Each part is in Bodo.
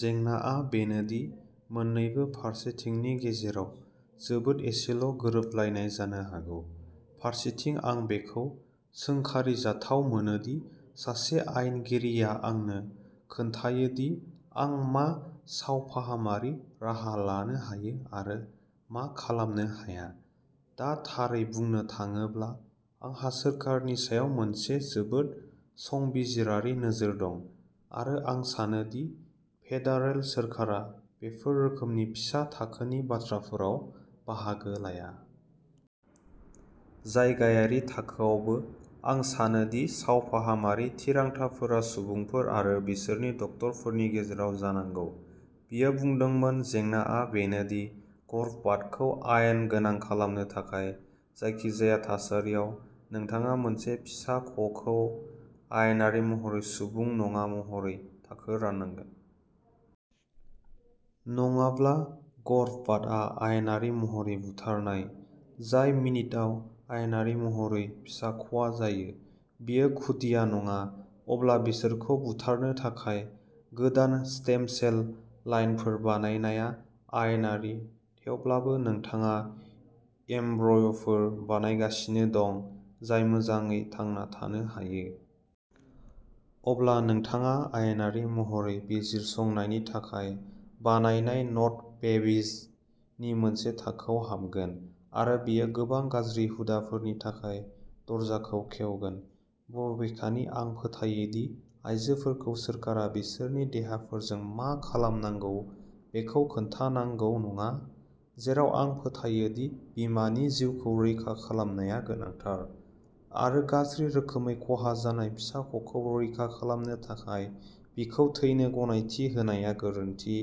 जेंनाआ बेनो दि मोन्नैबो फारसेथिंनि गेजेराव जोबोद एसेल' गोरोबलायनाय जानो हागौ। फारसेथिं, आं बेखौ सोंखारिजाथाव मोनो दि सासे आयेनगिरिआ आंनो खोन्थायो दि आं मा सावफाहामारि राहा लानो हायो आरो मा खालामनो हाया। दा, थारै बुंनो थाङोब्ला, आंहा सोरखारनि सायाव मोनसे जोबोद संबिजिरारि नोजोर दं, आरो आं सानो दि फेडारेल सोरखारा बेफोर रोखोमनि फिसा थाखोनि बाथ्राफोराव बाहागो लाया। जायगायारि थाखोआवबो, आं सानो दि सावफाहामारि थिरांथाफोरा सुबुंफोर आरो बिसोरनि डक्टरफोरनि गेजेराव जानांगौ। बियो बुंदोंमोन, जेंनाआ बेनो दि गर्भपातखौ आयेन गोनां खालामनो थाखाय, जायखिजाया थासारियाव, नोंथाङा मोनसे फिसाख'खौ आयेनारि महरै सुबुं नङा महरै थाखो राननांगोन। नङाब्ला, गर्भपातआ आयेनारि महरै बुथारनाय। जाय मिनिटआव आयेनारि महरै फिसाख'आ जायो। बेयो खुदिया नङा, अब्ला बिसोरखौ बुथारनो थाखाय गोदान स्टेम सेल लाइनफोर बानायनाया आयेनारि, थेवब्लाबो नोंथाङा एम्ब्रय'फोर बानायगासिनो दं जाय मोजाङै थांना थानो हायो। अब्ला नोंथाङा आयेनारि महरै बिजिरसंनायनि थाखाय बानायनाय न'ट-बेबीज नि मोनसे थाखोआव हाबगोन, आरो बेयो गोबां गाज्रि हुदाफोरनि थाखाय दरजाखौ खेवगोन। बबेखानि आं फोथायो दि आयजोफोरखौ सोरखारा बिसोरनि देहाफोरजों मा खालामनांगौ बेखौ खोन्थानांगौ नङा, जेराव आं फोथायो दि बिमानि जिउखौ रैखा खालामनाया गोनांथार, आरो गाज्रि रोखोमै खहा जानाय फिसाख'खौ रैखा खालामनो थाखाय बिखौ थैनो गनायथि होनाया गोरोन्थि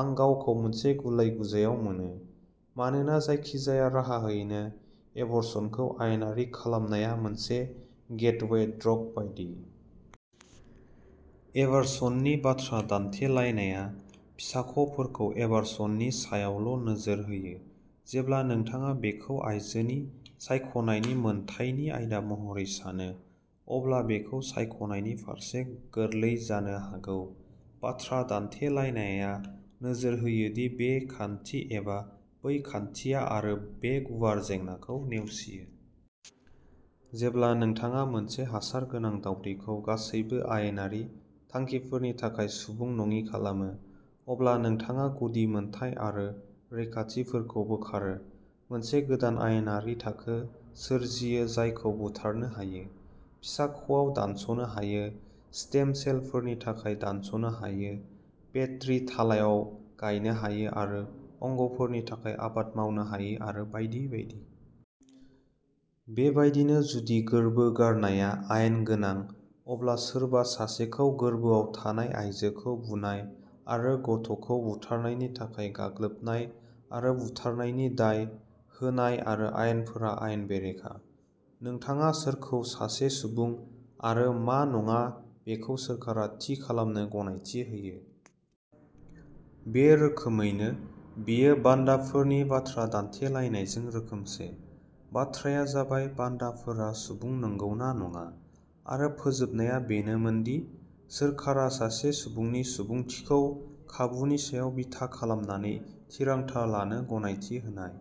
आं गावखौ मोनसे गुलाय-गुजायाव मोनो, मानोना जायखिजाया राहायैनो एबार्सनखौ आयेनारि खालामनाया मोनसे गेटवे ड्रग बायदि। एबार्सननि बाथ्रा दान्थेलायनाया फिसाख'फोरखौ एबार्सननि सायावल' नोजोर होयो। जेब्ला नोंथाङा बेखौ आयजोनि सायख'नायनि मोन्थाइ नि आयदा महरै सानो, अब्ला बेखौ सायख'नायनि फारसे गोरलै जानो हागौ। बाथ्रा दान्थेलायनाया नोजोर होयो बे खान्थि एबा बै खान्थिया आरो बे गुवार जेंनाखौ नेवसियो। जेब्ला नोंथाङा मोनसे हासार गोनां दावदैखौ गासैबो आयेनारि थांखिफोरनि थाखाय सुबुं नङि खालामो, अब्ला नोंथाङा गुदि मोनथाय आरो रैखाथिफोरखौ बोखारो, मोनसे गोदान आयेनारि थाखो सोरजियो जायखौ बुथारनो हायो, फिसाख'आव दानस'नो हायो, स्टेम सेलफोरनि थाखाय दानस'नो हायो, पेट्रि थालायाव गायनो हायो आरो अंग'फोरनि थाखाय आबाद मावनो हायो, आरो बायदि बायदि। बेबायदिनो, जुदि गोर्बो गारनाया आयेन गोनां, अब्ला सोरबा सासेखौ गोर्बोआव थानाय आयजोखौ बुनाय आरो गथ'खौ बुथारनायनि थाखाय गाग्लोबनाय आरो बुथारनायनि दाय होनाय आरो आयेनफोरा आयेन बेरेखा। नोंथाङा सोरखौ सासे सुबुं आरो मा नङा बेखौ सोरखारा थि खालामनो गनायथि होयो। बे रोखोमैनो, बेयो बान्दाफोरनि बाथ्रा दानथेलायनायजों रोखोमसे। बाथ्राया जाबाय बान्दाफोरा सुबुं नंगौ ना नङा, आरो फोजोबनाया बेनोमोन दि सोरखारा सासे सुबुंनि सुबुंथिखौ खाबुनि सायाव बिथा खालामनानै थिरांथा लानो गनायथि होनाय।